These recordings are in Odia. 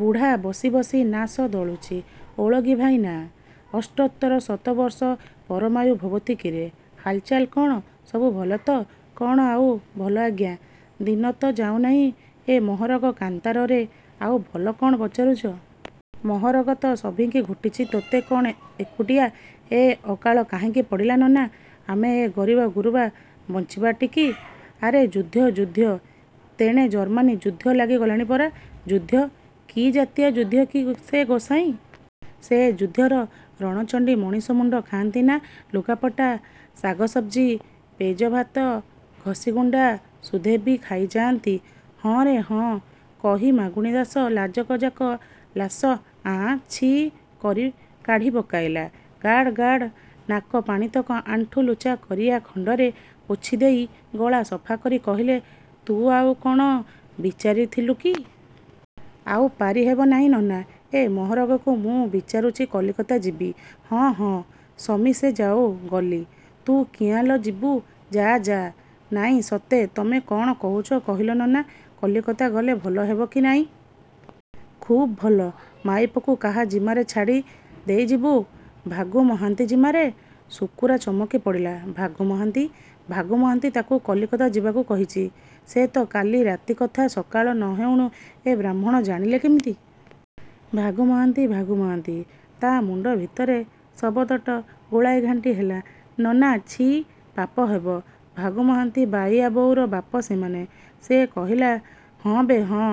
ବୁଢ଼ା ବସି ବସି ନାଶ ଦଳୁଛି-। ''ଓଳଗି ଭାଇନା। '' ''ଅଷ୍ଟୋତ୍ତର ଶତବର୍ଷ ପରମାୟୁ ଭବତୁ କିରେ ହାଲ୍ଚାଲ୍ କ'ଣ? ସବୁ ଭଲ ତ? '' ''କ'ଣ ଆଉ ଭଲ ଆଜ୍ଞା। ଦିନ ତ ଯାଉ ନାହିଁ। ଏ ମହରଗ କାନ୍ତାରରେ ଆଉ ଭଲ କ'ଣ ପଚାରୁଛ? '' ''ମହରଗ ତ ସଭିଙ୍କି ଘୋଟିଛି ତୋତେ କ'ଣ ଏକୁଟିଆ? '' ''ଏ ଅକାଳ କାହିଁକି ପଡ଼ିଲା ନନା, ଆମେ ଏ ଗରିବ ଗୁରୁବା ବଞ୍ଚିବାଟିକି? '' ''ଆରେ ଯୁଦ୍ଧ, ଯୁଦ୍ଧ! ତେଣେ ଜର୍ମାନୀ ଯୁଦ୍ଧ ଲାଗିଗଲାଣି ପରା। '' ''ଯୁଦ୍ଧ? କି ଜାତିଆ ଯୁଦ୍ଧ କି ସେ ଗୋସେଇଁ? ସେ ଯୁଦ୍ଧର ରଣଚଣ୍ଡୀ ମଣିଷମୁଣ୍ଡ ଖାଆନ୍ତିନା, ଲୁଗାପଟା, ଶାଗସବ୍ଜି, ପେଯ ଭାତ, ଘଷିଗୁଣ୍ଡା ସୁଧେବି ଖାଇଯାଆନ୍ତି? '' ''ହଁ ରେ ହଁ। '' କହି ମାଗୁଣିଦାସ ଲାକକ ଯାକ ଲାସ 'ଆଁ 'ଛି' କରି କାଢ଼ି ପକାଇଲା। ଗାଢ଼ ଗାଢ଼ ନାକପାଣିତକ ଆଣ୍ଠୁ ଲୁଚା କରିଆ ଖଣ୍ଡରେ ପୋଛି ଦେଇ ଗଳା ସଫା କରି କହିଲେ ''ତୁ ଆଉ କ'ଣ ବିଚାରିଥିଲୁ କି? '' ''ଆଉ ପାରି ହେବ ନାହିଁ ନନା ଏ ମହରଗକୁ ମୁଁ ବିଚାରୁଚି କଲିକତା ଯିବି। '' ''ହଁ, ହଁ, ସମିସେ ଯାଉ ଗଲି, ତୁ କିଆଁ ଲ ଯିବୁ? ଯା ଯା! '' ''ନାଇଁ ସତେ, ତମେ କ'ଣ କହୁଚ କହିଲ ନନା, କଲିକତା ଗଲେ ଭଲ ହେବ କି ନାହିଁ! '' ''ଖୁବ୍ ଭଲ, । ମାଇପକୁ କାହା ଜିମାରେ ଛାଡ଼ି ଦେଇଯିବୁ? ଭାଗୁ ମହାନ୍ତି ଜିମାରେ। '' ଶୁକୁରା ଚମକି ପଡ଼ିଲା। ଭାଗୁ ମହାନ୍ତି! ଭାଗୁ ମହାନ୍ତି ତାକୁ କଲିକତା ଯିବାକୁ କହିଛି । ସେ ତ କାଲି ରାତି କଥା। ସକାଳ ନ ହେଉଣୁ ଏ ବ୍ରାହ୍ମଣ ଜାଣିଲେ କିମିତି? ''ଭାଗୁ ମହାନ୍ତି ଭାଗୁ ମହାନ୍ତି। '' ତା' ମୁଣ୍ଡ ଭିତରେ ଶବଦଟ ଗୋଳେଇ ଘାଣ୍ଟି ହେଲା। ''ନନା, ଛି, ପାପ ହବ। ଭାଗୁ ମହାନ୍ତି ବାଇୟା ବୋଉର ବାପ ସମାନେ। '' ସେ କହିଲା । ''ହଁବେ ହଁ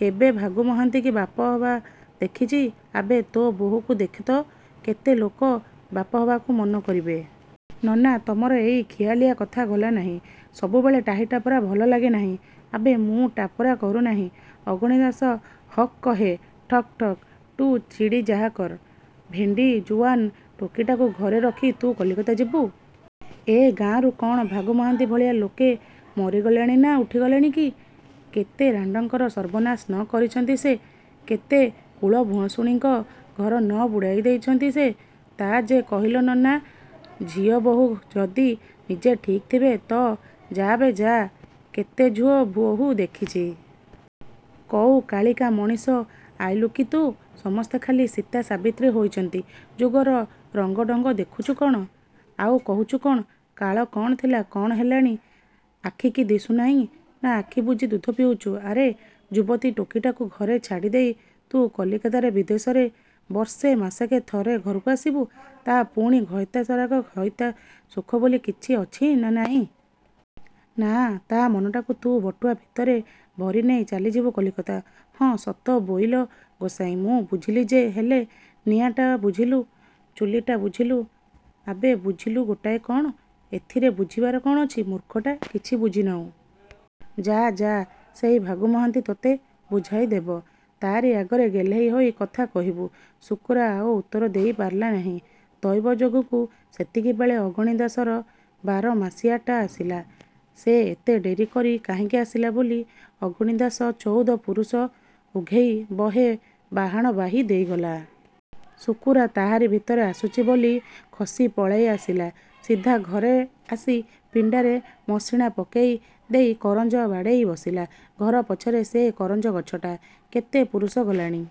କେବେ ଭାଗୁ ମହାନ୍ତିକି ବାପ ହେବା ଦେଖିଛି ଆବେ ତୋ ବହୂକୁ ଦେଖିତ କେତେ ଲୋକ ବାପ ହବାକୁ ମନ କରିବେ। '' ''ନନା, ତମର ଏଇ ଖିଆଲିଆ କଥା ଗଲା ନାହିଁ। ସବୁବେଳେ ଟାହିଟାପରା ଭଲ ଲାଗେ ନାହିଁ। '' ''ଆବେ ମୁଁ ଟାପରା କରୁ ନାଇଁ। ଅଗଣି ଦାସ ହକ୍ କହେ ଠକ୍ଠକ୍! ତୁ ଚିଡ଼ି ଯାହା କର। ଭେଣ୍ଡୀ ଜୁଆନ୍ ଟୋକୀଟାକୁ ଘରେ ରଖି ତୁ କଲିକତା ଯିବୁ। ଏ ଗାଁରୁ କ'ଣ ଭାଗୁ ମହାନ୍ତି ଭଳିଆ ଲୋକେ ମରିଗଲେଣିନା ଉଠିଗଲେଣି କି? କେତେ ରାଣ୍ଡଙ୍କର ସର୍ବନାଶ ନ କରିଛନ୍ତି ସେ, କେତେ କୁଳଭୁଆସୁଣୀଙ୍କ ଘର ନ ବୁଡ଼ାଇ ଦେଇଛନ୍ତି ସେ? '' ''ତା' ଯେ କହିଲ ନନା, ଝୁଅ ବହୂ ଯଦି ନିଜେ ଠିକ୍ ଥିବେ ତ'' ''ଯାବେ ଯା କେତେ ଝୁଅ ବହୂ ଦେଖିଛି। କଉକାଳିକା ମଣିଷ ଆଇଲୁକି ତୁ? ସମସ୍ତେ ଖାଲି ସୀତା ସାବିତ୍ରୀ ହୋଇଚନ୍ତି। ଯୁଗର ରଙ୍ଗଢ଼ଙ୍ଗ ଦେଖୁଛୁ କ'ଣ, ଆଉ କହୁଛୁ କ'ଣ? କାଳ କ'ଣ ଥିଲା, କ'ଣ ହେଲାଣି ଆଖିକି ଦିଶୁନାହିଁ ନା ଆଖି ବୁଜି ଦୁଧ ପିଉଚୁ? ଆରେ ଯୁବତୀ ଟୋକୀଟାକୁ ଘରେ ଛାଡ଼ିଦେଇ, ତୁ କଲିକତାରେ ବିଦେଶରେ; ବର୍ଷେ ମାସେକେ ଥର ଘରକୁ ଆସିବୁ, ତା ପୁଣି ଘଇତା ସରାଗ, ଘଇତା ସୁଖ ବୋଲି କିଛି ଅଛି ନା ନାହିଁ? ନା ତା' ମନଟାକୁ ତୁ ବଟୁଆ ଭିତରେ ଭରି ନେଇ ଚାଲିଯିବୁ କଲିକତା? '' ''ହଁ ସତ ବୋଇଲ ଗୋସେଇଁ, ମୁଁ ବୁଝିଲି ଯେ ହେଲେ '' ''ନିଆଁଟା ବୁଝିଲୁ, ଚୁଲିଟା ବୁଝିଲୁ ଆବେ ବୁଝିଲୁ ଗୋଟାଏ କ'ଣ? ଏଥିରେ ବୁଝିବାର କ'ଣ ଅଛି। ମୂର୍ଖଟା କିଛି ବୁଝିନାହୁଁ। ଯା ଯା ସେଇ ଭାଗୁ ମହାନ୍ତି ତୋତେ ବୁଝାଇଦବ। ତା'ରି ଆଗରେ ଗେହ୍ଲେଇ ହେଇ କଥା କହିବୁ। '' ଶୁକୁରା ଆଉ ଉତ୍ତର ଦେଇ ପାରିଲା ନାହିଁ। ଦଇବଯୋଗକୁ ସେତିକିବେଳେ ଅଗଣିଦାସର ବାରମାସିଆଟା ଆସିଲା। ସେ ଏତେ ଡେରି କରି କାହିଁକି ଆସିଲା ବୋଲି ଅଗଣିଦାଶ ଚଉଦପୁରୁଷ ଉଘେଈ ବହେ ବାହାଣ ବାହି ଦେଇଗଲା। ଶୁକୁରା ତା'ରି ଭିତରେ ଆସୁଛି ବୋଲି ଖସି ପଳେଇ ଆସିଲା। ସିଧା ଘରେ ଆସି ପିଣ୍ଡାରେ ମସିଣା ପକେଇ ଦେଇ କରଞ୍ଜ ବାଡ଼େଇ ବସିଲା। ଘର ପଛରେ ସେ କରଞ୍ଜ ଗଛଟା। କେତେ ପୁରୁଷ ଗଲାଣି।